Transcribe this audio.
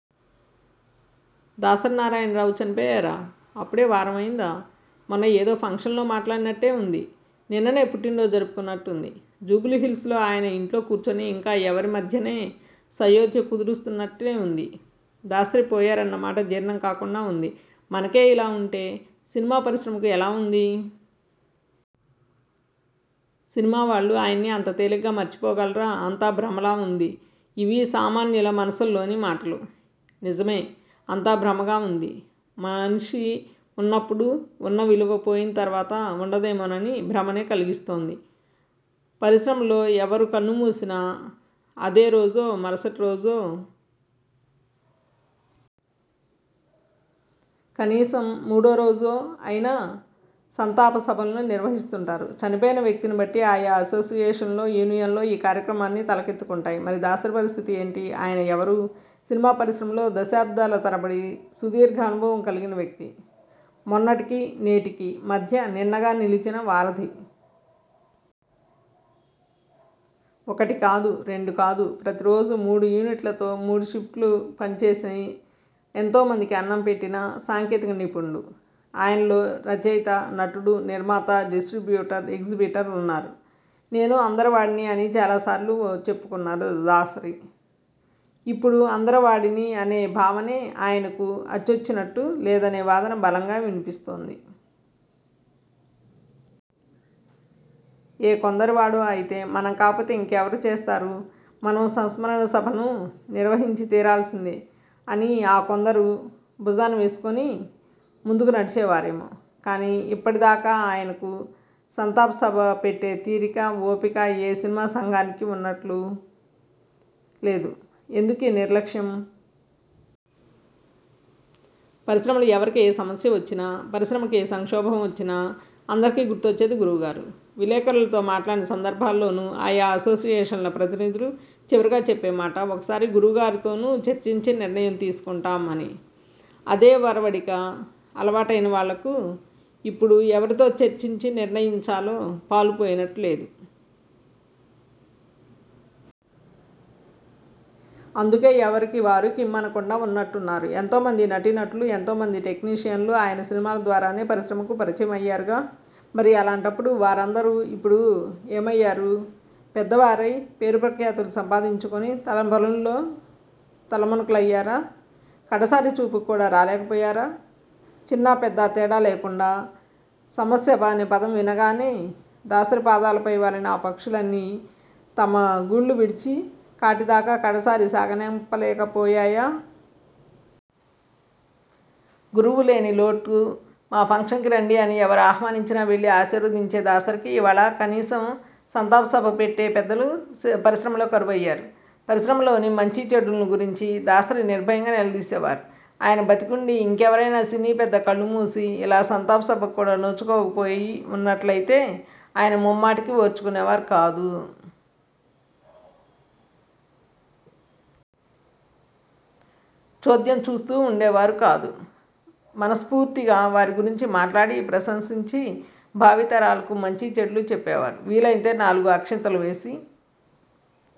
దాసరి నారాయణరావు చనిపోయారా? అప్పుడే వారమైందా? మొన్న ఏదో ఫంక్షన్ లో మాట్లాడినట్టే ఉంది. నిన్ననే పుట్టినరోజు జరుపుకున్నట్టుంది. జూబ్లీహిల్స్ లో ఆయన ఇంట్లో కూర్చుని ఇంకా ఎవరి మధ్యనే సయోధ్య కుదురుస్తున్నట్టే ఉంది. దాసరి పోయారన్నమాట జీర్ణం కాకుండా ఉంది మనకే ఇలా ఉంటే సినిమా పరిశ్రమకు ఎలా ఉంది? సినిమా వాళ్లు ఆయన్ని అంత తేలిగ్గా మర్చిపోగలరా అంతా భ్రమలా ఉంది ఇవి సామాన్యుల మనసుల్లోని మాటలు. నిజమే.. అంతా భ్రమగా ఉంది. మనిషి ఉన్నప్పుడు ఉన్న విలువ పోయిన తర్వాత ఉండదేమోనని భ్రమనే కలిగిస్తోంది. పరిశ్రమలో ఎవరు కన్నుమూసినా అదే రోజో, మరుసటి రోజో.. కనీసం మూడో రోజో అయినా సంతాప సభలను నిర్వహిస్తుంటారు. చనిపోయిన వ్యక్తిని బట్టి ఆయా అసోసియేషన్లో, యూనియన్లో ఈ కార్యక్రమాన్ని తలకెత్తుకుంటాయి. మరి దాసరి పరిస్థితి ఏంటి? ఆయన ఎవరు? సినిమా పరిశ్రమలో దశాబ్దాల తరబడి సుదీర్ఘ అనుభవం కలిగిన వ్యక్తి. మొన్నటికి, నేటికీ మధ్య నిన్నగా నిలిచిన వారధి. ఒకటి కాదు, రెండు కాదు.. ప్రతి రోజూ మూడు యూనిట్లతో మూడు షిఫ్ట్లు పనిచేసి ఎంతో మందికి అన్నం పెట్టిన సాంకేతిక నిపుణుడు. ఆయనలో రచయిత.. నటుడు.. నిర్మాత, డిస్ర్టిబ్యూటర్, ఎగ్జిబిటర్ ఉన్నారు. 'నేను అందరివాడిని' అని చాలా సార్లు చెప్పుకున్నారు దాసరి. ఇప్పుడు అందరివాడిని అనే భావనే ఆయనకు అచ్చొచ్చినట్టు లేదనే వాదన బలంగా వినిపిస్తోంది. ఏ కొందరివాడో అయితే 'మనం కాకపోతే ఇంకెవరు చేస్తారు.. మనం సంస్మరణ సభను నిర్వహించి తీరాల్సిందే' అని ఆ కొందరూ భుజాన వేసుకుని ముందుకు నడిచేవారేమో కానీ ఇప్పటిదాకా ఆయనకు సంతాప సభ పెట్టే తీరిక, ఓపిక ఏ సినిమా సంఘానికి ఉన్నట్లు లేదు. ఎందుకీ నిర్లక్ష్యం? పరిశ్రమలో ఎవరికి ఏ సమస్య వచ్చినా, పరిశ్రమకి ఏ సంక్షోభం వచ్చినా అందరికీ గుర్తొచ్చేది 'గురువుగారు'. విలేకరులతో మాట్లాడిన సందర్భాల్లోనూ ఆయా అసోసియేషన్ల ప్రతినిధులు చివరిగా చెప్పే మాట.. 'ఒకసారి గురువుగారితోనూ చర్చించి, నిర్ణయం తీసుకుంటాం' అని. అదే ఒరవడికి అలవాటైన వాళ్లకు ఇప్పుడు ఎవరితో చర్చించి నిర్ణయించాలో పాలుపోయినట్టు లేదు. అందుకే ఎవరికి వారు కిమ్మనకుండా ఉన్నట్టున్నారు. ఎంతో మంది నటీనటులు, ఎంతో మంది టెక్నీషియన్లు ఆయన సినిమాల ద్వారానే పరిశ్రమకు పరిచయమయ్యారుగా.. మరి అలాంటప్పుడు వారందరూ ఇప్పుడేమయ్యారు. పెద్దవారై, పేరు ప్రఖ్యాతులు సంపాదించుకుని తమ పనుల్లో తలమునకలయ్యారా? కడసారి చూపుకు కూడా రాలేకపోయారా?.. చిన్నా, పెద్ద తేడా లేకుండా 'సమస్య' అనే పదం వినగానే దాసరి పాదాలపై వాలిన ఆ పక్షులన్నీ తమ గూళ్లు విడిచి కాటిదాకా కడసారి సాగనంపలేకపోయాయా? 'గురువు' లేని లోటు'మా ఫంక్షన్కి రండి' అని ఎవరు ఆహ్వానించినా వెళ్లి ఆశీర్వదించే దాసరికి ఇవాళ కనీసం సంతాప సభ పెట్టే పెద్దలు పరిశ్రమలో కరవయ్యారు. పరిశ్రమలోని మంచీచెడులను గురించి దాసరి నిర్భయంగా నిలదేసేవారు. ఆయన బతికుండీ ఇంకెవరైనా సినీ పెద్ద కళ్లుమూసి ఇలా సంతాపసభకు కూడా నోచుకోకపోయి ఉన్నట్లయితే ఆయన ముమ్మాటికీ ఓర్చుకునేవారు కాదు.. చోద్యం చూస్తూ ఉండేవారు కాదు. మనస్ఫూర్తిగా వారి గురించి మాట్లాడి, ప్రశంసించి.. భావి తరాలకు మంచీ చెడులు చెప్పేవారు. వీలైతే నాలుగు అక్షింతలు వేసి